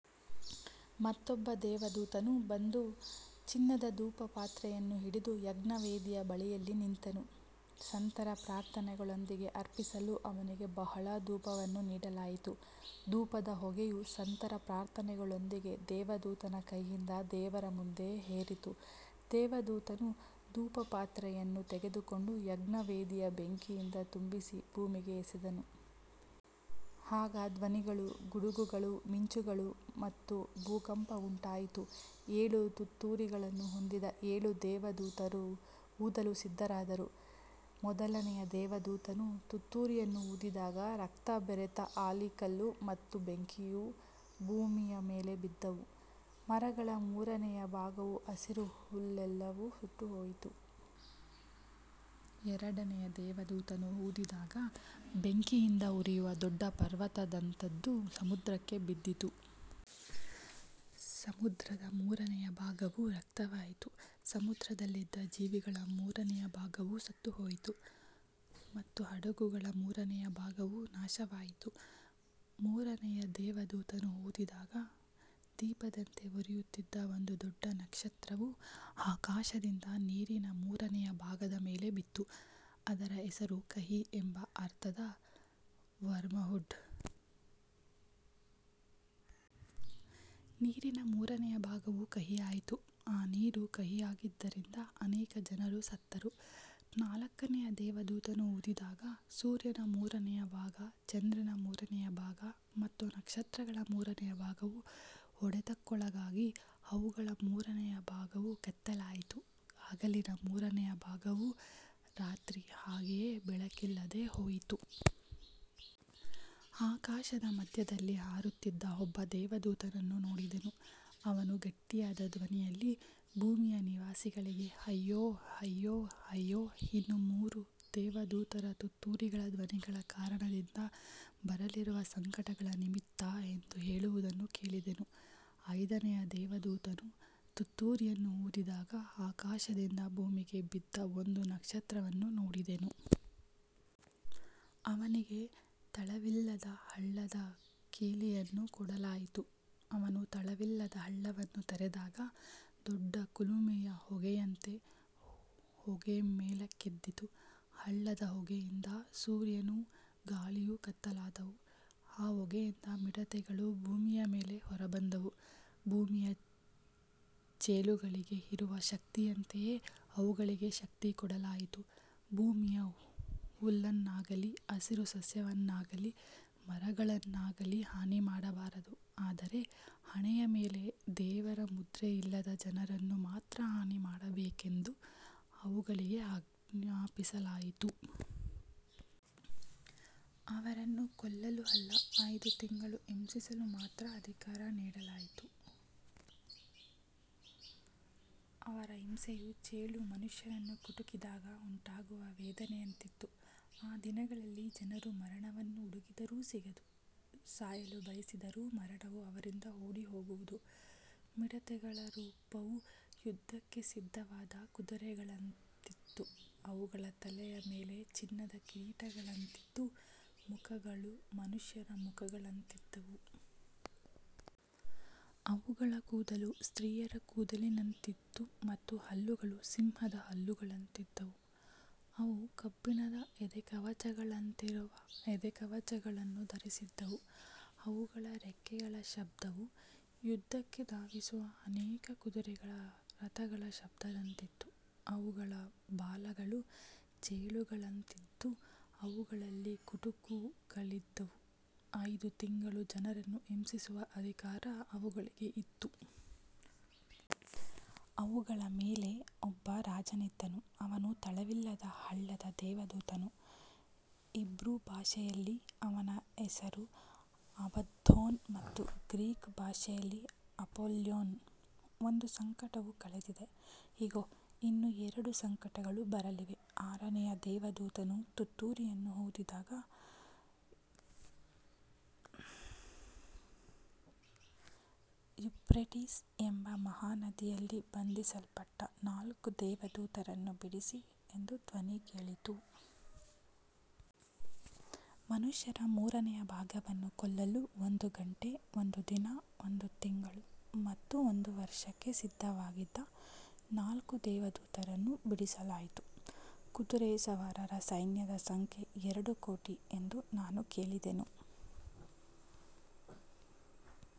ಮತ್ತೊಬ್ಬ ದೇವದೂತನು ಬಂದು ಚಿನ್ನದ ಧೂಪಪಾತ್ರೆಯನ್ನು ಹಿಡಿದು ಯಜ್ಞವೇದಿಯ ಬಳಿಯಲ್ಲಿ ನಿಂತನು. ಸಂತರ ಪ್ರಾರ್ಥನೆಗಳೊಂದಿಗೆ ಅರ್ಪಿಸಲು ಅವನಿಗೆ ಬಹಳ ಧೂಪವನ್ನು ನೀಡಲಾಯಿತು. ಧೂಪದ ಹೊಗೆಯು ಸಂತರ ಪ್ರಾರ್ಥನೆಗಳೊಂದಿಗೆ ದೇವದೂತನ ಕೈಯಿಂದ ದೇವರ ಮುಂದೆ ಏರಿತು. ದೇವದೂತನು ಧೂಪಪಾತ್ರೆಯನ್ನು ತೆಗೆದುಕೊಂಡು ಯಜ್ಞವೇದಿಯ ಬೆಂಕಿಯಿಂದ ತುಂಬಿಸಿ ಭೂಮಿಗೆ ಎಸೆದನು. ಆಗ ಧ್ವನಿಗಳು, ಗುಡುಗುಗಳು, ಮಿಂಚುಗಳು ಮತ್ತು ಭೂಕಂಪವುಂಟಾಯಿತು. ಏಳು ತುತ್ತೂರಿಗಳನ್ನು ಹೊಂದಿದ್ದ ಏಳು ದೇವದೂತರು ಊದಲು ಸಿದ್ಧರಾದರು. ಮೊದಲನೆಯ ದೇವದೂತನು ತುತ್ತೂರಿಯನ್ನು ಊದಿದಾಗ ರಕ್ತ ಬೆರೆತ ಆಲಿಕಲ್ಲು ಮತ್ತು ಬೆಂಕಿಯು ಭೂಮಿಯ ಮೇಲೆ ಬಿದ್ದವು. ಮರಗಳ ಮೂರನೆಯ ಭಾಗವೂ ಹಸಿರು ಹುಲ್ಲೆಲ್ಲವೂ ಸುಟ್ಟುಹೋಯಿತು. ಎರಡನೆಯ ದೇವದೂತನು ಊದಿದಾಗ ಬೆಂಕಿಯಿಂದ ಉರಿಯುವ ದೊಡ್ಡ ಪರ್ವತದಂತದ್ದು ಸಮುದ್ರಕ್ಕೆ ಬಿದ್ದಿತು. ಸಮುದ್ರದ ಮೂರನೆಯ ಭಾಗವು ರಕ್ತವಾಯಿತು. ಸಮುದ್ರದಲ್ಲಿದ್ದ ಜೀವಿಗಳ ಮೂರನೆಯ ಭಾಗವು ಸತ್ತುಹೋಯಿತು ಮತ್ತು ಹಡಗುಗಳ ಮೂರನೆಯ ಭಾಗವು ನಾಶವಾಯಿತು. ಮೂರನೆಯ ದೇವದೂತನು ಊದಿದಾಗ ದೀಪದಂತೆ ಉರಿಯುತ್ತಿದ್ದ ಒಂದು ದೊಡ್ಡ ನಕ್ಷತ್ರವು ಆಕಾಶದಿಂದ ನೀರಿನ ಮೂರನೆಯ ಭಾಗದ ಮೇಲೆ ಬಿತ್ತು. ಅದರ ಹೆಸರು ಕಹಿ ಎಂಬ ಅರ್ಥದ ವರ್ಮವುಡ್. ನೀರಿನ ಮೂರನೆಯ ಭಾಗವು ಕಹಿಯಾಯಿತು. ಆ ನೀರು ಕಹಿಯಾಗಿದ್ದರಿಂದ ಅನೇಕ ಜನರು ಸತ್ತರು. ನಾಲ್ಕನೆಯ ದೇವದೂತನು ಊದಿದಾಗ ಸೂರ್ಯನ ಮೂರನೆಯ ಭಾಗ, ಚಂದ್ರನ ಮೂರನೆಯ ಭಾಗ ಮತ್ತು ನಕ್ಷತ್ರಗಳ ಮೂರನೆಯ ಭಾಗವು ಹೊಡೆತಕ್ಕೊಳಗಾಗಿ ಅವುಗಳ ಮೂರನೆಯ ಭಾಗವು ಕತ್ತಲಾಯಿತು. ಹಗಲಿನ ಮೂರನೆಯ ಭಾಗವೂ ರಾತ್ರಿ ಹಾಗೆಯೇ ಬೆಳಕಿಲ್ಲದೆ ಹೋಯಿತು. ಆಕಾಶದ ಮಧ್ಯದಲ್ಲಿ ಹಾರುತ್ತಿದ್ದ ಒಬ್ಬ ದೇವದೂತನನ್ನು ನೋಡಿದೆನು. ಅವನು ಗಟ್ಟಿಯಾದ ಧ್ವನಿಯಲ್ಲಿ, ಭೂಮಿಯ ನಿವಾಸಿಗಳಿಗೆ ಅಯ್ಯೋ, ಅಯ್ಯೋ, ಅಯ್ಯೋ, ಇನ್ನೂ ಮೂರು ದೇವದೂತರ ತುತ್ತೂರಿಗಳ ಧ್ವನಿಗಳ ಕಾರಣದಿಂದ ಬರಲಿರುವ ಸಂಕಟಗಳ ನಿಮಿತ್ತ ಎಂದು ಹೇಳುವುದನ್ನು ಕೇಳಿದೆನು. ಐದನೆಯ ದೇವದೂತನು ತುತ್ತೂರಿಯನ್ನು ಊದಿದಾಗ ಆಕಾಶದಿಂದ ಭೂಮಿಗೆ ಬಿದ್ದ ಒಂದು ನಕ್ಷತ್ರವನ್ನು ನೋಡಿದೆನು. ಅವನಿಗೆ ತಳವಿಲ್ಲದ ಹಳ್ಳದ ಕೀಲಿಯನ್ನು ಕೊಡಲಾಯಿತು. ಅವನು ತಳವಿಲ್ಲದ ಹಳ್ಳವನ್ನು ತೆರೆದಾಗ ದೊಡ್ಡ ಕುಲುಮೆಯ ಹೊಗೆಯಂತೆ ಹೊಗೆ ಮೇಲಕ್ಕೆದ್ದಿತು. ಹಳ್ಳದ ಹೊಗೆಯಿಂದ ಸೂರ್ಯನೂ ಗಾಳಿಯೂ ಕತ್ತಲಾದವು. ಆ ಹೊಗೆಯಿಂದ ಮಿಡತೆಗಳು ಭೂಮಿಯ ಮೇಲೆ ಹೊರಬಂದವು. ಭೂಮಿಯ ಚೇಳುಗಳಿಗೆ ಇರುವ ಶಕ್ತಿಯಂತೆಯೇ ಅವುಗಳಿಗೆ ಶಕ್ತಿ ಕೊಡಲಾಯಿತು. ಭೂಮಿಯ ಹುಲ್ಲನ್ನಾಗಲಿ ಹಸಿರು ಸಸ್ಯವನ್ನಾಗಲಿ ಮರಗಳನ್ನಾಗಲಿ ಹಾನಿಮಾಡಬಾರದು, ಆದರೆ ಹಣೆಯ ಮೇಲೆ ದೇವರ ಮುದ್ರೆಯಿಲ್ಲದ ಜನರನ್ನು ಮಾತ್ರ ಹಾನಿಮಾಡಬೇಕು ಎಂದು ಅವುಗಳಿಗೆ ಆಜ್ಞಾಪಿಸಲಾಯಿತು. ಅವರನ್ನು ಕೊಲ್ಲಲು ಅಲ್ಲ, ಐದು ತಿಂಗಳು ಹಿಂಸಿಸಲು ಮಾತ್ರ ಅಧಿಕಾರ ನೀಡಲಾಯಿತು. ಅವರ ಹಿಂಸೆಯು ಚೇಳು ಮನುಷ್ಯನನ್ನು ಕುಟುಕಿದಾಗ ಉಂಟಾಗುವ ವೇದನೆಯಂತಿತ್ತು. ಆ ದಿನಗಳಲ್ಲಿ ಜನರು ಮರಣವನ್ನು ಹುಡುಕಿದರೂ ಸಿಗದು. ಸಾಯಲು ಬಯಸಿದರೂ ಮರಣವು ಅವರಿಂದ ಓಡಿಹೋಗುವುದು. ಮಿಡತೆಗಳ ರೂಪವು ಯುದ್ಧಕ್ಕೆ ಸಿದ್ಧವಾದ ಕುದುರೆಗಳಂತಿತ್ತು. ಅವುಗಳ ತಲೆಯ ಮೇಲೆ ಚಿನ್ನದ ಕಿರೀಟಗಳಂತಿದ್ದು, ಮುಖಗಳು ಮನುಷ್ಯರ ಮುಖಗಳಂತಿದ್ದವು. ಅವುಗಳ ಕೂದಲು ಸ್ತ್ರೀಯರ ಕೂದಲಿನಂತಿತ್ತು ಮತ್ತು ಹಲ್ಲುಗಳು ಸಿಂಹದ ಹಲ್ಲುಗಳಂತಿದ್ದವು. ಅವು ಕಬ್ಬಿಣದ ಎದೆಕವಚಗಳಂತಿರುವ ಎದೆಕವಚಗಳನ್ನು ಧರಿಸಿದ್ದವು. ಅವುಗಳ ರೆಕ್ಕೆಗಳ ಶಬ್ದವು ಯುದ್ಧಕ್ಕೆ ಧಾವಿಸುವ ಅನೇಕ ಕುದುರೆಗಳ ರಥಗಳ ಶಬ್ದದಂತಿತ್ತು. ಅವುಗಳ ಬಾಲಗಳು ಚೇಳುಗಳಂತಿದ್ದು, ಅವುಗಳಲ್ಲಿ ಕುಟುಕುಗಳಿದ್ದವು. ಐದು ತಿಂಗಳು ಜನರನ್ನು ಹಿಂಸಿಸುವ ಅಧಿಕಾರ ಅವುಗಳಿಗೆ ಇತ್ತು. ಅವುಗಳ ಮೇಲೆ ಒಬ್ಬ ರಾಜನಿದ್ದನು. ಅವನು ತಳವಿಲ್ಲದ ಹಳ್ಳದ ದೇವದೂತನು. ಹೀಬ್ರೂ ಭಾಷೆಯಲ್ಲಿ ಅವನ ಹೆಸರು ಅಬದ್ದೋನ್ ಮತ್ತು ಗ್ರೀಕ್ ಭಾಷೆಯಲ್ಲಿ ಅಪೊಲ್ಯೋನ್. ಒಂದು ಸಂಕಟವು ಕಳೆದಿದೆ. ಇಗೋ, ಇನ್ನೂ ಎರಡು ಸಂಕಟಗಳು ಬರಲಿವೆ. ಆರನೆಯ ದೇವದೂತನು ತುತ್ತೂರಿಯನ್ನು ಊದಿದಾಗ, ಯೂಫ್ರೇಟಿಸ್ ಎಂಬ ಮಹಾನದಿಯಲ್ಲಿ ಬಂಧಿಸಲ್ಪಟ್ಟ ನಾಲ್ಕು ದೇವದೂತರನ್ನು ಬಿಡಿಸು ಎಂದು ಧ್ವನಿ ಕೇಳಿತು. ಮನುಷ್ಯರ ಮೂರನೆಯ ಭಾಗವನ್ನು ಕೊಲ್ಲಲು ಒಂದು ಗಂಟೆ, ಒಂದು ದಿನ, ಒಂದು ತಿಂಗಳು ಮತ್ತು ಒಂದು ವರ್ಷಕ್ಕೆ ಸಿದ್ಧವಾಗಿದ್ದ ನಾಲ್ಕು ದೇವದೂತರನ್ನು ಬಿಡಿಸಲಾಯಿತು. ಕುದುರೆಸವಾರರ ಸೈನ್ಯದ ಸಂಖ್ಯೆ ಎರಡು ಕೋಟಿ ಎಂದು ನಾನು ಕೇಳಿದೆನು.